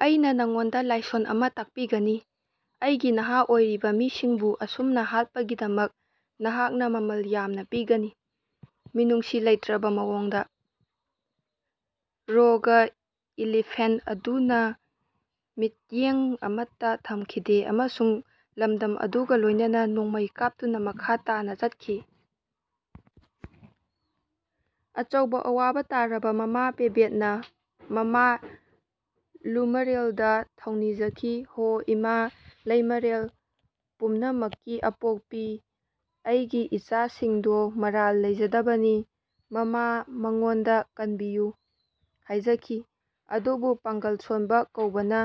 ꯑꯩꯅꯥ ꯅꯉꯣꯟꯗꯥ ꯂꯥꯏꯁꯣꯟ ꯑꯃꯥ ꯇꯥꯛꯄꯤꯒꯅꯤ꯫ ꯑꯩꯒꯤ ꯅꯍꯥ ꯑꯣꯏꯔꯤꯕꯥ ꯃꯤꯁꯤꯡꯕꯨ ꯑꯁꯨꯝꯅꯥ ꯍꯥꯠꯄꯒꯤꯗꯃꯛ ꯅꯍꯥꯛꯅꯥ ꯃꯃꯜ ꯌꯥꯝꯅꯥ ꯄꯤꯒꯅꯤ꯫ ꯃꯤꯅꯨꯡꯁꯤ ꯂꯩꯇ꯭ꯔꯕꯥ ꯃꯑꯣꯡꯗꯥ꯫ ꯔꯣꯒ ꯏꯂꯤꯐꯦꯟꯇ ꯑꯗꯨꯅꯥ ꯃꯤꯠꯌꯦꯡ ꯑꯃꯠꯇꯥ ꯊꯝꯈꯤꯗꯦ ꯑꯃꯁꯨꯡ ꯂꯝꯗꯝ ꯑꯗꯨꯒꯥ ꯂꯣꯏꯅꯅꯥ ꯅꯣꯡꯃꯩ ꯀꯥꯞꯇꯨꯅꯥ ꯃꯈꯥ ꯇꯥꯅꯥ ꯆꯠꯈꯤ꯫ ꯑꯆꯧꯕꯥ ꯑꯋꯥꯕꯥ ꯇꯥꯔꯕꯥ ꯃꯃꯥ ꯄꯦꯕꯦꯠꯅꯥ ꯃꯃꯥ ꯂꯨꯃꯔꯦꯜꯗꯥ ꯊꯧꯅꯤꯖꯈꯤ꯫ ꯍꯣ ꯏꯃꯥ ꯂꯩꯃꯔꯦꯜ ꯄꯨꯝꯅꯥꯃꯛꯀꯤ ꯑꯥꯄꯣꯛꯄꯤ ꯑꯩꯒꯤ ꯏꯆꯥ ꯁꯤꯡꯗꯣ ꯃꯔꯥꯜ ꯂꯩꯖꯗꯕꯅꯤ꯫ ꯃꯥꯃꯥ ꯃꯉꯣꯟꯗꯥ ꯀꯟꯕꯤꯌꯨ ꯍꯥꯏꯖꯥꯈꯤ꯫ ꯑꯗꯨꯕꯨ ꯄꯥꯡꯒꯜ ꯁꯣꯟꯕꯥ ꯀꯧꯕꯅ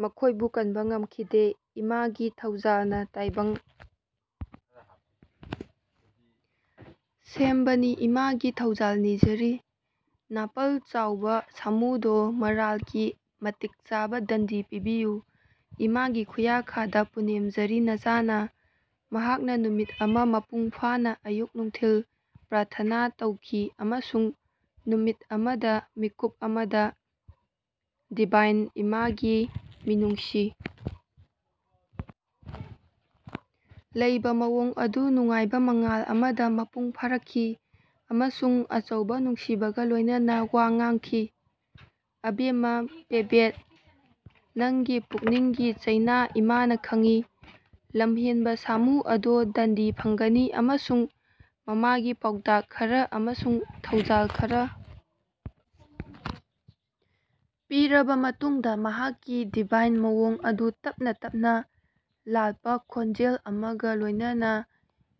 ꯃꯈꯣꯏꯕꯨ ꯀꯟꯕ ꯉꯝꯈꯤꯗꯦ ꯏꯃꯥ ꯒꯤ ꯊꯧꯖꯥꯂꯅꯥ ꯇꯥꯏꯕꯪ ꯁꯦꯝꯕꯥꯅꯤ ꯏꯃꯥꯒꯤ ꯊꯧꯖꯜ ꯅꯤꯖꯥꯔꯤ꯫ ꯅꯥꯄꯜ ꯆꯧꯕꯥ ꯁꯥꯃꯨꯗꯣ ꯃꯔꯥꯜꯒꯤ ꯃꯇꯤꯛ ꯆꯥꯕ ꯗꯟꯗꯤ ꯄꯤꯕꯤꯌꯨ꯫ ꯏꯃꯥꯒꯤ ꯈꯨꯌꯥꯈꯥꯗꯥ ꯄꯨꯅꯦꯝꯖꯔꯤ ꯅꯆꯥꯅꯥ꯫ ꯃꯍꯥꯛꯅꯥ ꯅꯨꯃꯤꯠ ꯑꯃꯥ ꯃꯄꯨꯡ ꯐꯥꯅꯥ ꯑꯌꯨꯛ ꯅꯨꯡꯊꯤꯜ ꯄ꯭ꯔꯥꯊꯅꯥ ꯇꯧꯈꯤ ꯑꯃꯁꯨꯡ ꯅꯨꯃꯤꯠ ꯑꯃꯗꯥ ꯃꯤꯠꯀꯨꯞ ꯑꯃꯗꯥ ꯗꯤꯚꯥꯏꯟ ꯏꯃꯥꯒꯤ ꯃꯤꯅꯨꯡꯁꯤ ꯂꯩꯕꯥ ꯃꯑꯣꯡ ꯑꯗꯨ ꯅꯨꯡꯉꯥꯏꯕꯥ ꯃꯉꯥꯜ ꯑꯃꯗꯥ ꯃꯄꯨꯡ ꯐꯥꯔꯛꯈꯤ ꯑꯃꯁꯨꯡ ꯑꯆꯧꯕꯥ ꯅꯨꯡꯁꯤꯕꯒꯥ ꯂꯣꯏꯅꯅꯥ ꯋꯥ ꯉꯥꯡꯈꯤ꯫ ꯑꯕꯦꯃꯥ ꯄꯦꯕꯦꯠ ꯅꯪꯒꯤ ꯄꯨꯛꯅꯤꯡꯒꯤ ꯆꯩꯅꯥ ꯏꯃꯥꯅꯥ ꯈꯪꯏ꯫ ꯂꯝꯍꯦꯟꯕꯥ ꯁꯥꯃꯨ ꯑꯗꯣ ꯗꯟꯗꯤ ꯐꯪꯒꯅꯤ ꯑꯃꯁꯨꯡ ꯃꯃꯥꯒꯤ ꯄꯥꯎꯇꯥꯛ ꯈꯔꯥ ꯑꯃꯁꯨꯡ ꯊꯧꯖꯥꯜ ꯈꯔꯥ ꯄꯤꯔꯕꯥ ꯃꯇꯨꯡꯗꯥ ꯃꯍꯥꯛꯀꯤ ꯗꯤꯚꯥꯏꯟ ꯃꯑꯣꯡ ꯑꯗꯨ ꯇꯞꯅꯥ ꯇꯞꯅꯥ ꯂꯥꯜꯄꯥ ꯈꯣꯟꯖꯦꯜ ꯑꯃꯒꯥ ꯂꯣꯏꯅꯅꯥ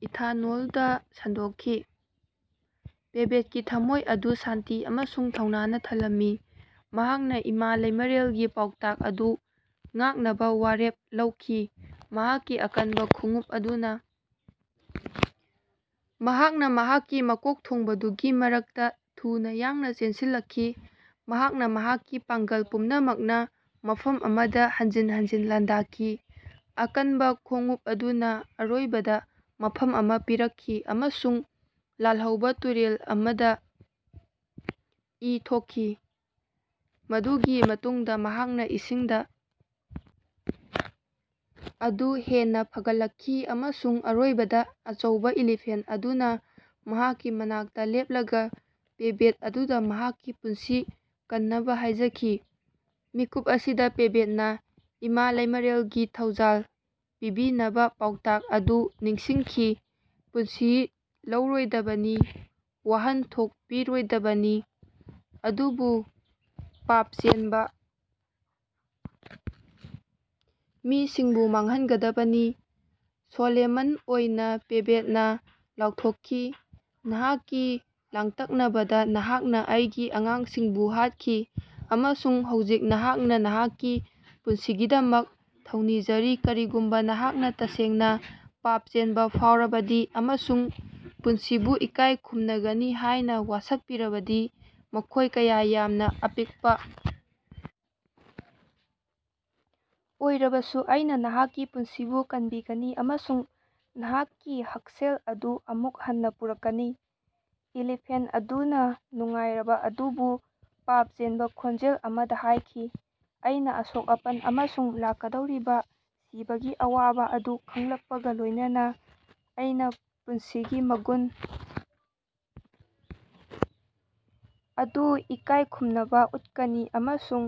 ꯏꯊꯥꯅꯣꯜꯗꯥ ꯁꯟꯗꯣꯛꯈꯤ꯫ ꯄꯦꯕꯦꯠꯀꯤ ꯊꯝꯃꯣꯏ ꯑꯗꯨ ꯁꯥꯟꯇꯤ ꯑꯃꯁꯨꯡ ꯊꯧꯅꯥꯅ ꯊꯜꯂꯝꯃꯤ꯫ ꯃꯍꯥꯛꯅꯥ ꯏꯃꯥ ꯂꯩꯃꯦꯔꯦꯜꯒꯤ ꯄꯥꯎꯇꯥꯛ ꯑꯗꯨ ꯉꯥꯛꯅꯕꯥ ꯋꯥꯔꯦꯞ ꯂꯧꯈꯤ꯫ ꯃꯍꯥꯛꯀꯤ ꯑꯀꯟꯕꯥ ꯈꯣꯡꯎꯞ ꯑꯗꯨꯅꯥ ꯃꯍꯥꯛꯅꯥ ꯃꯍꯥꯛꯀꯤ ꯃꯀꯣꯛꯊꯣꯡꯕꯗꯨꯒꯤ ꯃꯔꯛꯇꯥ ꯊꯨꯅꯥ ꯌꯥꯡꯅꯥ ꯆꯦꯟꯁꯤꯜꯂꯛꯈꯤ꯫ ꯃꯍꯥꯛꯅꯥ ꯃꯍꯥꯛꯀꯤ ꯄꯥꯡꯒꯜ ꯄꯨꯝꯅꯃꯛꯅꯥ ꯃꯐꯝ ꯑꯃꯗꯥ ꯍꯟꯖꯤꯟ ꯍꯟꯖꯤꯟ ꯂꯥꯟꯗꯥꯈꯤ꯫ ꯑꯀꯟꯕꯥ ꯈꯣꯡꯎꯞ ꯑꯗꯨꯅꯥ ꯑꯔꯣꯏꯕꯗꯥ ꯃꯐꯝ ꯑꯃꯥ ꯄꯤꯔꯛꯈꯤ ꯑꯃꯁꯨꯡ ꯂꯥꯜꯍꯧꯕꯥ ꯇꯨꯔꯦꯜ ꯑꯃꯗꯥ ꯏ ꯊꯣꯛꯈꯤ꯫ ꯃꯗꯨꯒꯤ ꯃꯇꯨꯡꯗꯥ ꯃꯍꯥꯛꯅꯥ ꯏꯁꯤꯡꯗꯥ ꯑꯗꯨ ꯍꯦꯟꯅꯥ ꯐꯒꯠꯂꯛꯈꯤ ꯑꯃꯁꯨꯡ ꯑꯔꯣꯏꯕꯗꯥ ꯑꯆꯧꯕꯥ ꯏꯂꯤꯐꯦꯟꯠ ꯑꯗꯨꯅꯥ ꯃꯍꯥꯛꯀꯤ ꯃꯅꯥꯛꯇꯥ ꯂꯦꯞꯂꯒꯥ ꯄꯦꯕꯦꯠ ꯑꯗꯨꯗꯥ ꯃꯍꯥꯛꯀꯤ ꯄꯨꯟꯁꯤ ꯀꯟꯅꯕꯥ ꯍꯥꯏꯖꯈꯤ꯫ ꯃꯤꯀꯨꯞ ꯑꯁꯤꯗꯥ ꯄꯦꯕꯦꯠꯅꯥ ꯏꯃꯥ ꯂꯩꯃꯔꯦꯜꯒꯤ ꯊꯧꯖꯥꯜ ꯄꯤꯕꯤꯅꯕꯥ ꯄꯥꯎꯇꯥꯛ ꯑꯗꯨ ꯅꯤꯡꯁꯤꯡꯈꯤ ꯄꯨꯟꯁꯤ ꯂꯧꯔꯣꯏꯗꯕꯅꯤ ꯋꯥꯍꯟꯊꯣꯛ ꯄꯤꯔꯣꯏꯗꯕꯅꯤ ꯑꯗꯨꯕꯨ ꯄꯥꯞꯆꯦꯟꯕꯥ ꯃꯤꯁꯤꯡꯕꯨ ꯃꯥꯡꯍꯟꯒꯗꯕꯅꯤ꯫ ꯁꯣꯂꯦꯃꯟ ꯑꯣꯏꯅꯥ ꯄꯦꯕꯦꯠꯅꯥ ꯂꯥꯎꯊꯣꯛꯈꯤ ꯅꯍꯥꯛꯀꯤ ꯂꯥꯡꯇꯛꯅꯕꯗꯥ ꯅꯍꯥꯛꯅꯥ ꯑꯩꯒꯤ ꯑꯉꯥꯡꯁꯤꯡꯕꯨ ꯍꯥꯠꯈꯤ ꯑꯃꯁꯨꯡ ꯍꯧꯖꯤꯛ ꯅꯍꯥꯛꯅꯥ ꯅꯍꯥꯛꯀꯤ ꯄꯨꯟꯁꯤꯒꯤꯗꯃꯛ ꯊꯧꯅꯤꯖꯔꯤ ꯀꯔꯤꯒꯨꯝꯕꯥ ꯅꯍꯥꯛꯅꯥ ꯇꯁꯦꯡꯅꯥ ꯄꯥꯞꯆꯦꯟꯕꯥ ꯐꯥꯎꯔꯕꯗꯤ ꯑꯃꯁꯨꯡ ꯄꯨꯟꯁꯤꯕꯨ ꯏꯀꯥꯏ ꯈꯨꯝꯅꯒꯅꯤ ꯍꯥꯏꯅꯥ ꯋꯥꯁꯛꯄꯤꯔꯕꯗꯤ ꯃꯈꯣꯏ ꯀꯌꯥ ꯌꯥꯝꯅꯥ ꯑꯄꯤꯛꯄꯥ ꯑꯣꯏꯔꯕꯁꯨ ꯑꯩꯅꯥ ꯅꯍꯥꯛꯀꯤ ꯄꯨꯟꯁꯤꯕꯨ ꯀꯟꯕꯤꯒꯅꯤ ꯑꯃꯁꯨꯡ ꯅꯍꯥꯛꯀꯤ ꯍꯛꯁꯦꯜ ꯑꯗꯨ ꯑꯃꯨꯛ ꯍꯟꯅꯥ ꯄꯨꯔꯛꯀꯅꯤ꯫ ꯏꯂꯤꯐꯦꯟꯠ ꯑꯗꯨꯅꯥ ꯅꯨꯡꯉꯥꯏꯔꯕꯥ ꯑꯗꯨꯕꯨ ꯄꯥꯞꯆꯦꯟꯕꯥ ꯈꯣꯟꯖꯦꯜ ꯑꯃꯗꯥ ꯍꯥꯏꯈꯤ ꯑꯩꯅꯥ ꯑꯁꯣꯛ ꯑꯄꯟ ꯑꯃꯁꯨꯡ ꯂꯥꯛꯀꯗꯧꯔꯤꯕꯥ ꯁꯤꯕꯒꯤ ꯑꯋꯥꯕꯥ ꯑꯗꯨ ꯈꯪꯂꯛꯄꯒꯥ ꯂꯣꯏꯅꯅꯥ ꯑꯩꯅꯥ ꯄꯨꯟꯁꯤꯒꯤ ꯃꯒꯨꯟ ꯑꯗꯨ ꯏꯀꯥꯏꯈꯨꯝꯅꯕꯥ ꯎꯠꯀꯅꯤ ꯑꯃꯁꯨꯡ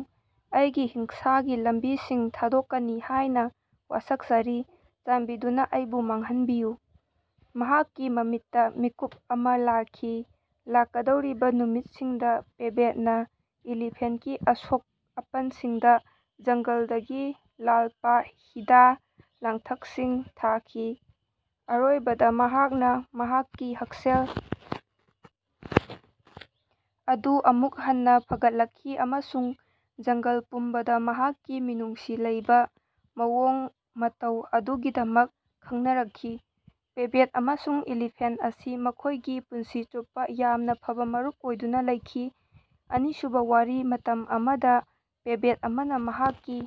ꯑꯩꯒꯤ ꯍꯤꯡꯁꯥꯒꯤ ꯂꯝꯕꯤꯁꯤꯡ ꯊꯥꯗꯣꯛꯀꯅꯤ ꯍꯥꯏꯅꯥ ꯋꯥꯁꯛꯆꯔꯤ ꯆꯥꯟꯕꯤꯗꯨꯅꯥ ꯑꯩꯕꯨ ꯃꯥꯡꯍꯟꯕꯤꯌꯨ꯫ ꯃꯍꯥꯛꯀꯤ ꯃꯃꯤꯠꯇꯥ ꯃꯤꯠꯀꯨꯞ ꯑꯃꯥ ꯂꯥꯛꯈꯤ ꯂꯥꯛꯀꯗꯧꯔꯤꯕꯥ ꯅꯨꯃꯤꯠꯁꯤꯡꯗꯥ ꯄꯦꯕꯦꯠꯅꯥ ꯏꯂꯤꯐꯦꯟꯠꯀꯤ ꯑꯁꯣꯛ ꯑꯄꯟꯁꯤꯡꯗꯥ ꯖꯪꯒꯜꯗꯒꯤ ꯂꯥꯜꯄꯥ ꯍꯤꯗꯥ ꯂꯥꯡꯊꯛꯁꯤꯡ ꯊꯥꯈꯤ꯫ ꯑꯔꯣꯏꯕꯗꯥ ꯃꯍꯥꯛꯅꯥ ꯃꯍꯥꯛꯀꯤ ꯍꯛꯁꯦꯜ ꯑꯗꯨ ꯑꯃꯨꯛ ꯍꯟꯅꯥ ꯐꯒꯠꯂꯛꯈꯤ ꯑꯃꯁꯨꯡ ꯖꯪꯒꯜ ꯄꯨꯝꯕꯗꯥ ꯃꯍꯥꯛꯀꯤ ꯃꯤꯅꯨꯡꯁꯤ ꯂꯩꯕꯥ ꯃꯑꯣꯡ ꯃꯇꯧ ꯑꯗꯨꯒꯤꯗꯃꯛ ꯈꯪꯅꯔꯛꯈꯤ꯫ ꯄꯦꯕꯦꯠ ꯑꯃꯁꯨꯡ ꯏꯂꯤꯐꯦꯟꯠ ꯑꯁꯤ ꯃꯈꯣꯏꯒꯤ ꯄꯨꯟꯁꯤ ꯆꯨꯞꯄꯥ ꯌꯥꯝꯅꯥ ꯐꯕꯥ ꯃꯔꯨꯞ ꯑꯣꯏꯗꯨꯅꯥ ꯂꯩꯈꯤ꯫ ꯑꯅꯤꯁꯨꯕ ꯋꯥꯔꯤ ꯃꯇꯝ ꯑꯃꯗꯥ ꯄꯦꯕꯦꯠ ꯑꯃꯅꯥ ꯃꯍꯥꯛꯀꯤ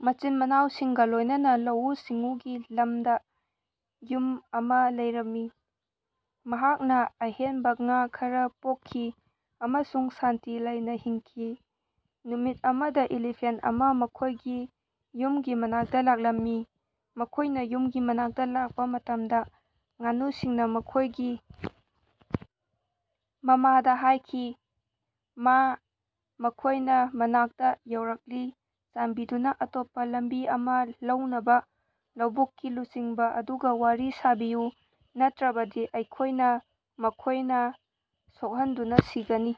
ꯃꯆꯤꯟ ꯃꯅꯥꯎꯁꯤꯡꯒꯥ ꯂꯣꯏꯅꯅꯥ ꯂꯧꯎ ꯁꯤꯡꯎꯒꯤ ꯂꯝꯗꯥ ꯌꯨꯝ ꯑꯃꯥ ꯂꯩꯔꯝꯃꯤ꯫ ꯃꯍꯥꯛꯅꯥ ꯑꯍꯦꯟꯕꯥ ꯉꯥ ꯈꯔꯥ ꯄꯣꯛꯈꯤ ꯑꯃꯁꯨꯡ ꯁꯥꯟꯇꯤ ꯂꯩꯅꯥ ꯍꯤꯡꯈꯤ꯫ ꯅꯨꯃꯤꯠ ꯑꯃꯗꯥ ꯏꯂꯤꯐꯦꯟꯠ ꯑꯃꯥ ꯃꯈꯣꯏꯒꯤ ꯌꯨꯃꯒꯤ ꯃꯅꯥꯛꯇꯥ ꯂꯥꯛꯂꯝꯃꯤ꯫ ꯃꯈꯣꯏꯅꯥ ꯌꯨꯝꯒꯤ ꯃꯅꯥꯛꯇꯥ ꯂꯥꯛꯄꯥ ꯃꯇꯝꯗꯥ ꯉꯥꯅꯨꯁꯤꯡꯅꯥ ꯃꯈꯣꯏꯒꯤ ꯃꯃꯥꯗꯥ ꯍꯥꯌꯈꯤ ꯃꯥ ꯃꯈꯣꯏꯅꯥ ꯃꯅꯥꯛꯇꯥ ꯌꯧꯔꯛꯂꯤ ꯆꯥꯟꯕꯤꯗꯨꯅꯥ ꯑꯇꯣꯞꯄꯥ ꯂꯝꯕꯤ ꯑꯃꯥ ꯂꯧꯅꯕꯥ ꯂꯧꯕꯨꯛꯀꯤ ꯂꯨꯆꯤꯡꯕꯥ ꯑꯗꯨꯒꯥ ꯋꯥꯔꯤ ꯁꯥꯕꯤꯌꯨ ꯅꯠꯇ꯭ꯔꯕꯗꯤ ꯑꯩꯈꯣꯏꯅꯥ ꯃꯈꯣꯏꯅꯥ ꯁꯣꯛꯍꯟꯗꯨꯅꯥ ꯁꯤꯒꯅꯤ꯫